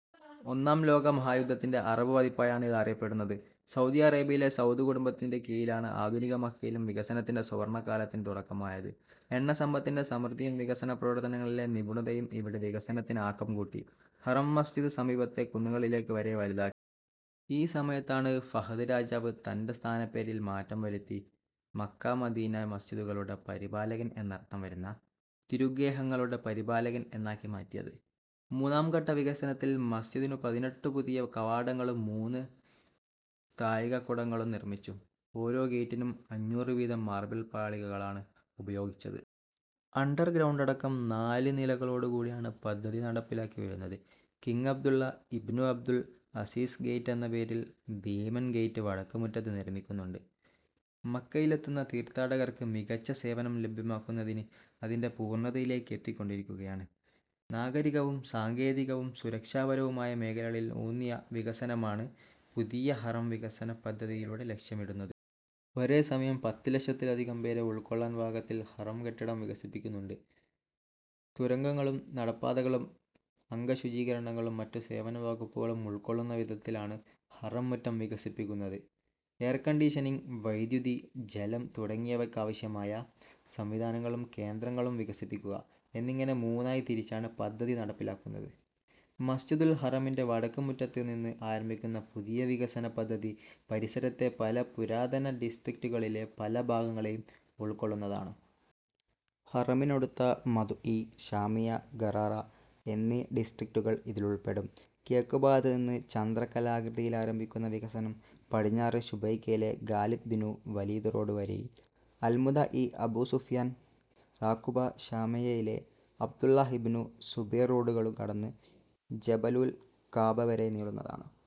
ഒന്നാം ലോക മഹാ യുദ്ധത്തിന്റെ അറബ് പതിപ്പായാണ് ഇത് അറിയപ്പെടുന്നത്. സൗദി അറേബ്യയിലെ സൗദ് കുടുംബത്തിന്റെ കീഴിലാണ് ആധുനിക മക്കയിലും വികസനത്തിന്റെ സുവർണ കാലത്തിനു തുടക്കമായത്. എണ്ണ സമ്പത്തിന്റെ സമൃദ്ധിയും വികസന പ്രവർത്തനങ്ങളിലെ നിപുണതയും ഇവിടെ വികസനത്തിന് ആക്കം കൂട്ടി. ഹറം മസ്ജിദ് സമീപത്തെ കുന്നുകളിലേക്ക് വരെ വലുതാക്കി. ഈ സമയത്താണ് ഫഹദ് രാജാവ് തന്റെ സ്ഥാനപ്പേരിൽ മാറ്റം വരുത്തി മക്ക-മദീന മസ്ജിദുകളുടെ പരിപാലകൻ എന്നർത്ഥം വരുന്ന തിരു ഗേഹങ്ങളുടെ പരിപാലകൻ എന്നാക്കി മാറ്റിയത്. മൂന്നാം ഘട്ട വികസനത്തിൽ മസ്ജിദിനു പതിനെട്ടു പുതിയ കവാടങ്ങളും മൂന്നു താഴികക്കുടങ്ങളും നിർമ്മിച്ചു. ഓരോ ഗേറ്റിനും അഞ്ഞൂറ് വീതം മാർബിൾ പാളികളാണ് ഉപയോഗിച്ചത്. അണ്ടർ ഗ്രൗണ്ടടക്കം നാല് നിലകളോട് കൂടിയാണ് പദ്ധതി നടപ്പിലാക്കി വരുന്നത്. King Abdullah ibn Abdul Aziz Gate എന്ന പേരിൽ ഭീമൻ ഗേറ്റ് വടക്ക് മുറ്റത്ത് നിർമ്മിക്കുന്നുണ്ട്. മക്കയിലെത്തുന്ന തീർത്ഥാടകർക്ക് മികച്ച സേവനം ലഭ്യമാക്കുന്നതിന് അതിന്റെ പൂർണതയിലേക്ക് എത്തിക്കൊണ്ടിരിക്കുകയാണ്. നാഗരികവും സങ്കേതികവും സുരക്ഷാപരവുമായ മേഖലകളിലൂന്നിയ വികസനമാണ് പുതിയ ഹറം വികസന പദ്ധതിയിലൂടെ ലക്ഷ്യമിടുന്നത്. ഒരേ സമയം പത്ത് ലക്ഷത്തിലധികം പേരെ ഉൾക്കൊള്ളാൻ പാകത്തിൽ ഹറം കെട്ടിടം വികസിപ്പിക്കുന്നുണ്ട്. തുരങ്കങ്ങളും നടപ്പാതകളും അംഗശുചീകരണങ്ങളും മറ്റു സേവന വകുപ്പുകളും ഉൾകൊള്ളുന്നവിധത്തിൽ ആണ് ഹറം മുറ്റം വികസിപ്പിക്കുന്നത്. എയർകണ്ടീഷനിങ്, വൈദ്യുതി, ജലം തുടങ്ങിയവക്കാവശ്യമായ സംവിധാനങ്ങളും കേന്ദ്രങ്ങളും വികസിപ്പിക്കുക എന്നിങ്ങനെ മൂന്നായി തിരിച്ചാണ് പദ്ധതി നടപ്പിലാക്കുന്നത്. മസ്ജിദുൽ ഹറമിന്റെ വടക്ക് മുറ്റത്ത് നിന്ന് ആരംഭിക്കുന്ന പുതിയ വികസന പദ്ധതി പരിസരത്തെ പല പുരാതന ഡിസ്ട്രിക്റ്റുകളിലെ പല ഭാഗങ്ങളെയും ഉൾക്കൊള്ളുന്നതാണ്. ഹറമിനടുത്ത മുദ്ദഇ, ശാമിയ, ഖറാറ എന്നീ ഡിസ്ട്രിക്റ്റുകൾ ഇതിലുൾപ്പെടും. കിഴക്ക് ഭാഗത്ത് നിന്ന് ചന്ദ്രക്കല ആകൃതിയിൽ ആരംഭിക്കുന്ന വികസനം പടിഞ്ഞാറ് ശുബൈയ്ക്കയിലെ ഖാലിദ് ബ്നു വലീദ് റോഡ് വരെയും അൽമുദ്ദഇ, അബൂസുഫ്യാൻ, റാഖൂബ, ശാമിയയിലെ അബ്ദുല്ലാഹിബ്നു സുബൈർ റോഡുകളും കടന്ന് ജബലുൽ കഅബ വരെ നീളുന്നതാണ്.